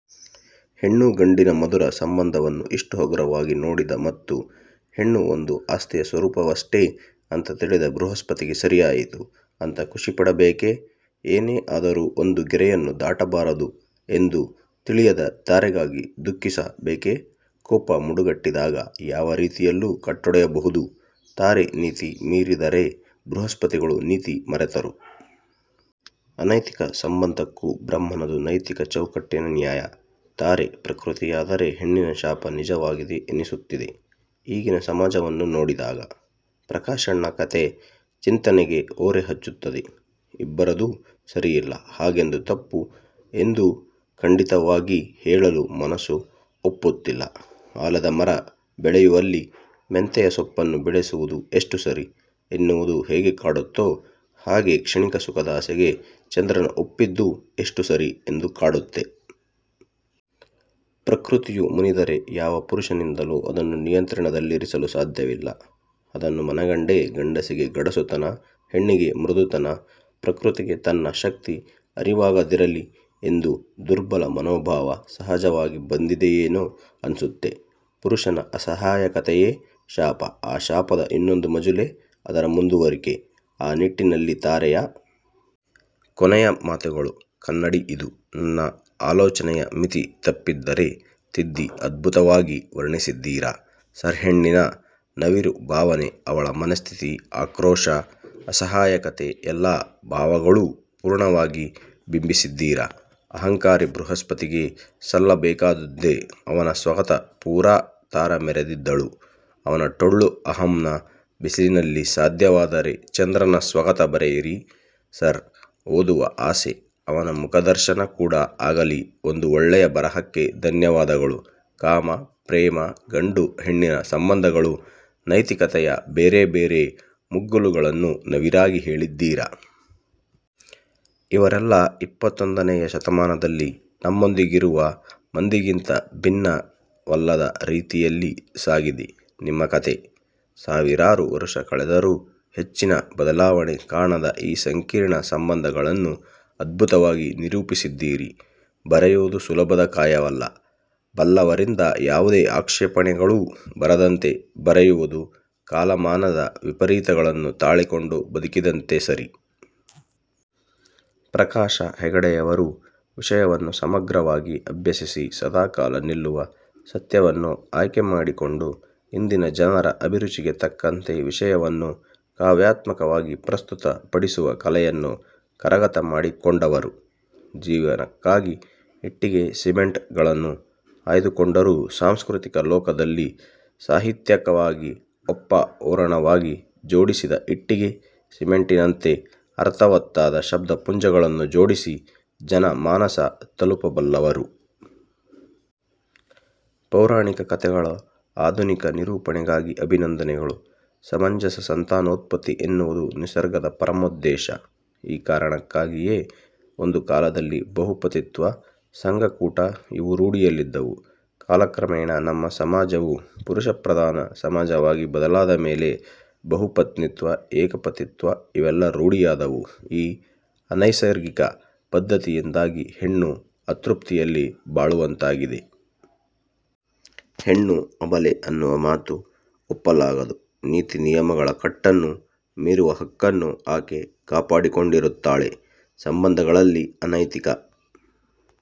ಹೆಣ್ಣು ಗಂಡಿನ ಮಧುರ ಸಂಬಂಧವನ್ನು ಇಷ್ಟು ಹಗುರವಾಗಿ ನೋಡಿದ ಮತ್ತು ಹೆಣ್ಣು ಒಂದು ಆಸ್ತಿಯ ಸ್ವರುಪವಷ್ಟೇ ಅಂತ ತಿಳಿದ ಭ್ರುಹಸ್ಪತಿಗೆ ಸರಿಯಾಯಿತು ಅಂತ ಖುಶಿಪಡಬೇಕೇ ಏನೇ ಆದರು ಒಂದು ಗೆರೆಯನ್ನು ದಾಟಬಾರದು ಎಂದು ತಿಳಿಯದ ತಾರೆಗಾಗಿ ದುಃಖಿಸಬೇಕೆಕೋಪ ಮಡುಗಟ್ಟಿದಾಗ ಯಾವ ರೀತಿಯಲ್ಲೂ ಕಟ್ಟೆಯೊಡೆಯಬಹುದು. ತಾರೆ ನೀತಿ ಮೀರಿದರೆ ಬ್ರಹಸ್ಪತಿಗಳು ನೀತಿ ಮರೆತರು. ಅನೈತಿಕ ಸಂಬಂಧಕ್ಕೂ ಬ್ರಹ್ಮನದು ನೈತಿಕ ಚೌಕಟ್ಟಿನ ನ್ಯಾಯ. ತಾರೆ ಪ್ರಕೃತಿಯಾದರೆ ಹೆಣ್ಣಿನ ಶಾಪ ನಿಜವಾಗಿದೆ ಎನಿಸುತ್ತಿದೆ ಈಗಿನ ಸಮಾಜವನ್ನು ನೋಡಿದಾಗ. ಪ್ರಕಾಶಣ್ಣ ಕಥೆ ಚಿಂತನೆಗೆ ಓರೆ ಹಚ್ಚುತ್ತದೆ. ಇಬ್ಬರದೂ ಸರಿಯಲ್ಲ ಹಾಗೆಂದು ತಪ್ಪು ಎಂದು ಖಡಾಖಂಡಿತವಾಗಿ ಹೇಳಲು ಮನಸ್ಸು ಒಪ್ಪುತ್ತಿಲ್ಲ. ಆಲದ ಮರ ಬೆಳೆಯುವಲ್ಲಿ ಮೆಂತೆಯ ಸೊಪ್ಪುನ್ಣು ಬೆಳೆಸುವುದು ಎಷ್ಟು ಸರಿ ಎನ್ನುವುದು ಹೇಗೆ ಕಾಡುತ್ತೋ ಹಾಗೆ ಕ್ಷಣಿಕ ಸುಖದಾಸೆಗೆ ಚಂದ್ರನ ಒಪ್ಪಿದ್ದೂ ಎಷ್ಟು ಸರಿ ಎಂದು ಕಾಡುತ್ತೆ. ಪ್ರಕೃತಿಯ ಮುನಿದರೆ ಯಾವ ಪುರುಷನಿಂದಲು ಅದನ್ನು ನಿಯಂತ್ರಣದಲ್ಲಿರಿಸಲು ಸಾದ್ಯವಿಲ್ಲ. ಅದನ್ನು ಮನಗಂಡೇ ಗಂಡಸಿಗೆ ಗಡಸುತನ ಹೆಣ್ಣಿಗೆ ಮೃದುತನಪ್ರಕೃತಿಗೆ ತನ್ನ ಶಕ್ತಿ ಅರಿವಾಗದಿರಲಿ ಎಂದು ದುರ್ಬಲ ಮನೋಭಾವ ಸಹಜವಾಗಿ ಬಂದಿದೆಯೇನೋ ಅನ್ಸುತ್ತೆ.. ಪುರುಷನ ಅಸಹಾಯಕತೆಯೇ ಶಾಪ. ಆ ಶಾಪದ ಇನ್ನೊಂದು ಮಜಲೇ ಅದರ ಮುಂದುವರಿಕೆಆ ನಿಟ್ಟಿನಲ್ಲಿ ತಾರೆಯ ಕೊನೆಯ ಮಾತುಗಳು ಕನ್ನಡಿಇದು ನನ್ನ ಆಲೋಚನೆಯ ಮಿತಿ ತಪ್ಪಿದ್ದರೆ ತಿದ್ದಿಅದ್ಭುತವಾಗಿ ವರ್ಣಿಸಿದ್ದೀರಾ ಸರ್ಹೆಣ್ಣಿನ ನವಿರು ಭಾವನೆ ಅವಳ ಮನಸ್ಥಿತಿ ಆಕ್ರೋಶ ಅಸಹಾಯಕತೆ ಎಲ್ಲಾ ಭಾವಗಳು ಪೂರ್ಣವಾಗಿ ಬಿಂಬಿಸಿದ್ದೀರಾಅಹಂಕಾರಿ ಬೃಹಸ್ಪತಿಗೆ ಸಲ್ಲ ಬೇಕಾದ್ದುದ್ದೆ ಅವನ ಸ್ವಗತ ಪೂರಾ ತಾರ ಮೆರೆದಿದ್ದಳು ಅವನ ಠೊಳ್ಳು ಅಹಂನ ಬಿಸಿಲನಲ್ಲಿಸಾಧ್ಯವಾದರೆ ಚಂದ್ರನ ಸ್ವಗತ ಬರೆಯಿರಿ ಸರ್ ಓದುವ ಆಸೆಅವನ ಮುಖದರ್ಶನ ಕೂಡ ಆಗಲಿಒಂದು ಒಳ್ಳೆಯ ಬರಹಕ್ಕೆ ಧನ್ಯವಾದಗಳು ಕಾಮ, ಪ್ರೇಮ, ಗಂಡು ಹೆಣ್ಣಿನ ಸಂಬಂದಗಳು, ನೈತಿಕತೆಯ ಬೇರೆಬೇರೆ ಮಗ್ಗುಲುಗಳನ್ನು ನವಿರಾಗಿ ಹೇಳಿದ್ದಿರಾ. ಇವರೆಲ್ಲ ಇಪ್ಪತ್ತೊಂದನೆಯ ಶತಮಾನದಲ್ಲಿ ನಮ್ಮೊಂದಿಗಿರುವ ಮಂದಿಗಿಂತ ಭಿನ್ನವಲ್ಲದ ರೀತಿಯಲ್ಲಿ ಸಾಗಿದೆ ನಿಮ್ಮ ಕತೆ. ಸಾವಿರಾರು ವರುಷ ಕಳೆದರೂ ಹೆಚ್ಚಿನ ಬದಲಾವಣೆ ಕಾಣದ ಈ ಸಂಕೀರ್ಣ ಸಂಬಂದಗಳನ್ನು ಅದ್ಬುತವಾಗಿ ನಿರೂಪಿಸಿದ್ಡಿರಿ. ಬರೆಯುವದು ಸುಲಭದ ಕಾಯಕವಲ್ಲ. ಬಲ್ಲವರಿಂದ ಯಾವುದೇ ಆಕ್ಷೇಪಣೆಗಳೂ ಬರದಂತೆ ಬರೆಯುವದು ಕಾಲಮಾನದ ವಿಪರೀತಗಳನ್ನು ತಾಳಿಕೊಂಡು ಬದುಕಿದಂತೆ ಸರಿ. ಪ್ರಕಾಶ ಹೆಗಡೆಯವರು ವಿಷಯವನ್ನು ಸಮಗ್ರವಾಗಿ ಅಭ್ಯಸಿಸಿ ಸದಾಕಾಲ ನಿಲ್ಲುವ ಸತ್ಯವನ್ನು ಆಯ್ಕೆಮಾಡಿಕೊಂಡು ಇಂದಿನ ಜನರ ಅಭಿರುಚಿಗೆ ತಕ್ಕಂತೆ ವಿಷಯವನ್ನು ಕಾವ್ಯಾತ್ಮಕವಾಗಿ ಪ್ರಸ್ತುತ ಪಡಿಸುವ ಕಲೆಯನ್ನು ಕರಗತಮಾಡಿಕೊಂಡವರು. ಜೀವನಕ್ಕಾಗಿ ಇಟ್ಟಿಗೆ ಸಿಮೆಂಟ್ ಗಳನ್ನು ಆಯ್ದುಕೊಂಡರೂ ಸಾಂಸ್ಕ್ರತಿಕ ಲೋಕದಲ್ಲಿ ಸಾಹಿತ್ಯಿಕವಾಗಿ ಒಪ್ಪ ಓರಣವಾಗಿ ಜೋಡಿಸಿದ ಇಟ್ಟಿಗೆ ಸಿಮೆಂಟಿನಂತೆ ಅರ್ಥವತ್ತಾದ ಶಬ್ದ ಪುಂಜಗಳನ್ನು ಜೋಡಿಸಿ ಜನ ಮಾನಸ ತಲುಪಬಲ್ಲವರು. ಪೌರಾಣಿಕ ಕತೆಗಳ ಆಧುನಿಕ ನಿರೂಪಣೆಗಾಗಿ ಅಭಿನಂದನೆಗಳು. ಸಮಂಜಸ ಸಂತಾನೋತ್ಪತ್ತಿ ಎನ್ನುವುದು ನಿಸರ್ಗದ ಪರಮೋದ್ದೇಶ. ಈ ಕಾರಣಕ್ಕಾಗಿಯೇ ಒಂದು ಕಾಲದಲ್ಲಿ ಬಹುಪತಿತ್ವ, ಸಂಘಕೂಟ ಇವು ರೂಢಿಯಲ್ಲಿದ್ದವು. ಕಾಲಕ್ರಮೇಣ ನಮ್ಮ ಸಮಾಜವು ಪುರುಷಪ್ರಧಾನ ಸಮಾಜವಾಗಿ ಬದಲಾದ ಮೇಲೆ ಬಹುಪತ್ನಿತ್ವ ಏಕಪತಿತ್ವ ಇವೆಲ್ಲ ರೂಢಿಯಾದವು. ಈ ಅನೈಸರ್ಗಿಕ ಪದ್ಧತಿಯಿಂದಾಗಿ ಹೆಣ್ಣು ಅತೃಪ್ತಿಯಲ್ಲಿ ಬಾಳುವಂತಾಗಿದೆ. ಹೆಣ್ಣು ಅಬಲೆ ಅನ್ನುವ ಮಾತು ಒಪ್ಪಲಾಗದುನೀತಿ ನಿಯಮಗಳ ಕಟ್ಟನ್ನು ಮೀರುವ ಹಕ್ಕನ್ನು ಆಕೆ ಕಾಪಾಡಿಕೊಂಡಿರುತ್ತಾಳೆಸಂಬಂಧಗಳಲ್ಲಿ ಅನೈತಿಕ